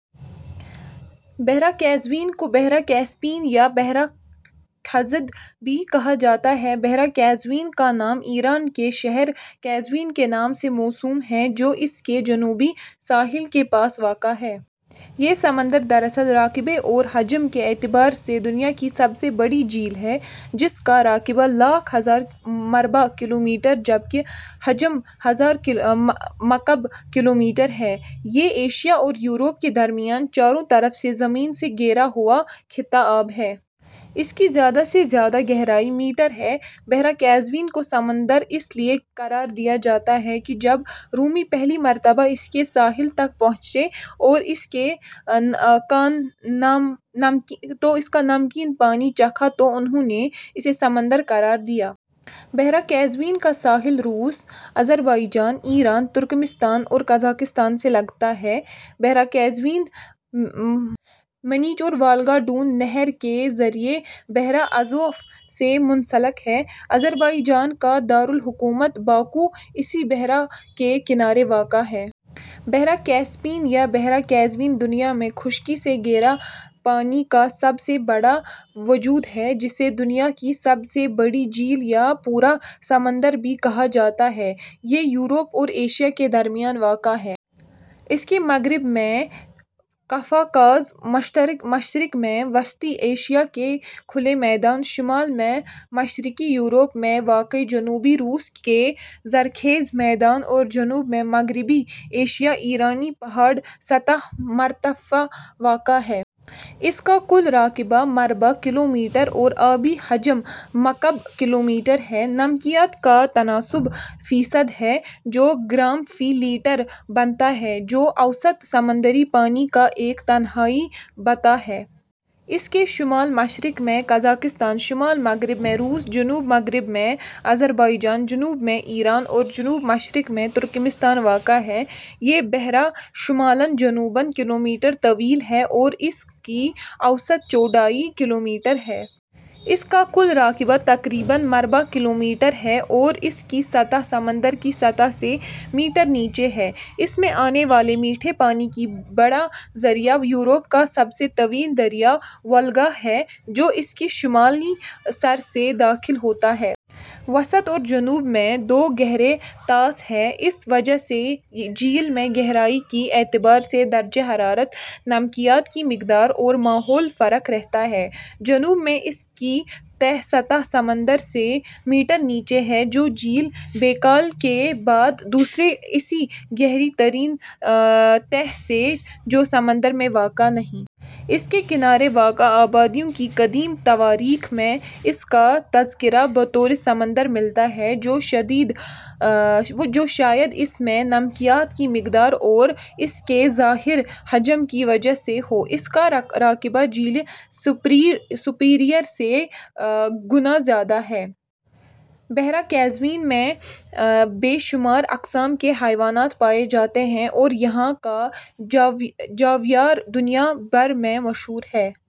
بحیرہ قزوین کو بحیرہ کاسپین یا بحیرہ خزر بھی کہا جاتا ہے۔ بحیرہ قزوین کا نام ایران کے شہر قزوین کے نام سے موسوم ہے، جو اس کے جنوبی ساحل کے پاس واقع ہے۔ یہ سمندر دراصل رقبے اور حجم کے اعتبار سے دنیا کی سب سے بڑی جھیل ہے، جس کا رقبہ لاکھ ہزار مربع کلومیٹر جبکہ حجم ہزار مکعب کلومیٹر ہے۔ یہ ایشیا اور یورپ کے درمیان چاروں طرف سے زمین سے گھرا ہوا خطہ آب ہے۔ اس کی زیادہ سے زیادہ گہرائی میٹر ہے۔ بحیرہ قزوین کو سمندر اس لیے قرار دیا جاتا ہے کہ جب رومی پہلی مرتبہ اس کے ساحل تک پہنچے اور اس کا نمکین پانی چکھا تو انھوں نے اسے سمندر قرار دیا۔ بحیرہ قزوین کا ساحل روس ، آذربائجان ، ایران ، ترکمانستان اور قازقستان سے لگتا ہے۔ بحیرہ قزوین منیچ اور وولگا ڈون نہر کے ذریعے بحیرہ ازوف سے منسلک ہے۔ آذربائجان کا دار الحکومت باکو اسی بحیرہ کے کنارے واقع ہے۔ بحیرہ کیسپیئن یا بحیرہ قزوین دنیا میں خشکی سے گھرا پانی کا سب سے بڑا وجود ہے جسے دنیا کی سب سے بڑی جھیل یا پورا سمندر بھی کہا جاتا ہے۔ یہ یورپ اور ایشیا کے درمیان واقع ہے۔ اس کے مغرب میں قفقاز ، مشرق میں وسطی ایشیا کے کھلے میدان، شمال میں مشرقی یورپ میں واقع جنوبی روس کے زرخیز میدان اور جنوب میں مغربی ایشیائی ایرانی پہاڑی سطح مرتفع واقع ہیں۔ اس کا کل رقبہ ،، مربع کلومیٹر اور آبی حجم ، مکعب کلومیٹر ہے۔ نمکیات کا تناسب ء فیصد ہے جو گرام فی لیٹر بنتا ہے جو اوسط سمندری پانی کا ایک تہائی بتا ہے۔ اس کے شمال مشرق میں قازقستان ، شمال مغرب میں روس ، جنوب مغرب میں آذربائیجان ، جنوب میں ایران اور جنوب مشرق میں ترکمانستان واقع ہیں۔ یہ بحیرہ شمالاً جنوباً ، کلومیٹر طویل ہے اور اس کی اوسط چوڑائی کلومیٹر ہے۔ اس کا کل رقبہ تقریباً ،، مربع کلومیٹر ہے اور اس کی سطح سمندر کی سطح سے میٹر نیچے ہے۔ اس میں آنے والے میٹھے پانی کا بڑا ذریعہ یورپ کا سب سے طویل دریا وولگا ہے جو اس کے شمالی سرے سے داخل ہوتا ہے۔ وسط اور جنوب میں دو گہرے طاس ہیں۔ اس وجہ سے جھیل میں گہرائی کے اعتبار سے درجہ حرارت، نمکیات کی مقدار اور ماحول فرق رہتا ہے۔ جنوب میں اس کی تہ سطح سمندر سے ، میٹر نیچے ہے جو جھیل بیکال کے بعد دوسری ایسی گہری ترین تہ ہے جو سمندر میں واقع نہیں۔ اس کے کنارے واقع آبادیوں کی قدیم تواریخ میں اس کا تذکرہ بطور سمندر ملتا ہے جو شاید اس میں نمکیات کی مقدار اور اس کے ظاہری حجم کی وجہ سے ہو۔ اس کا رقبہ جھیل سپیریئر سے گنا زیادہ ہے۔ بحیرہ قزوین میں بے شمار اقسام کے حیوانات پائے جاتے ہیں اور یہاں کا خاویار دنیا بھر میں مشہور ہیں۔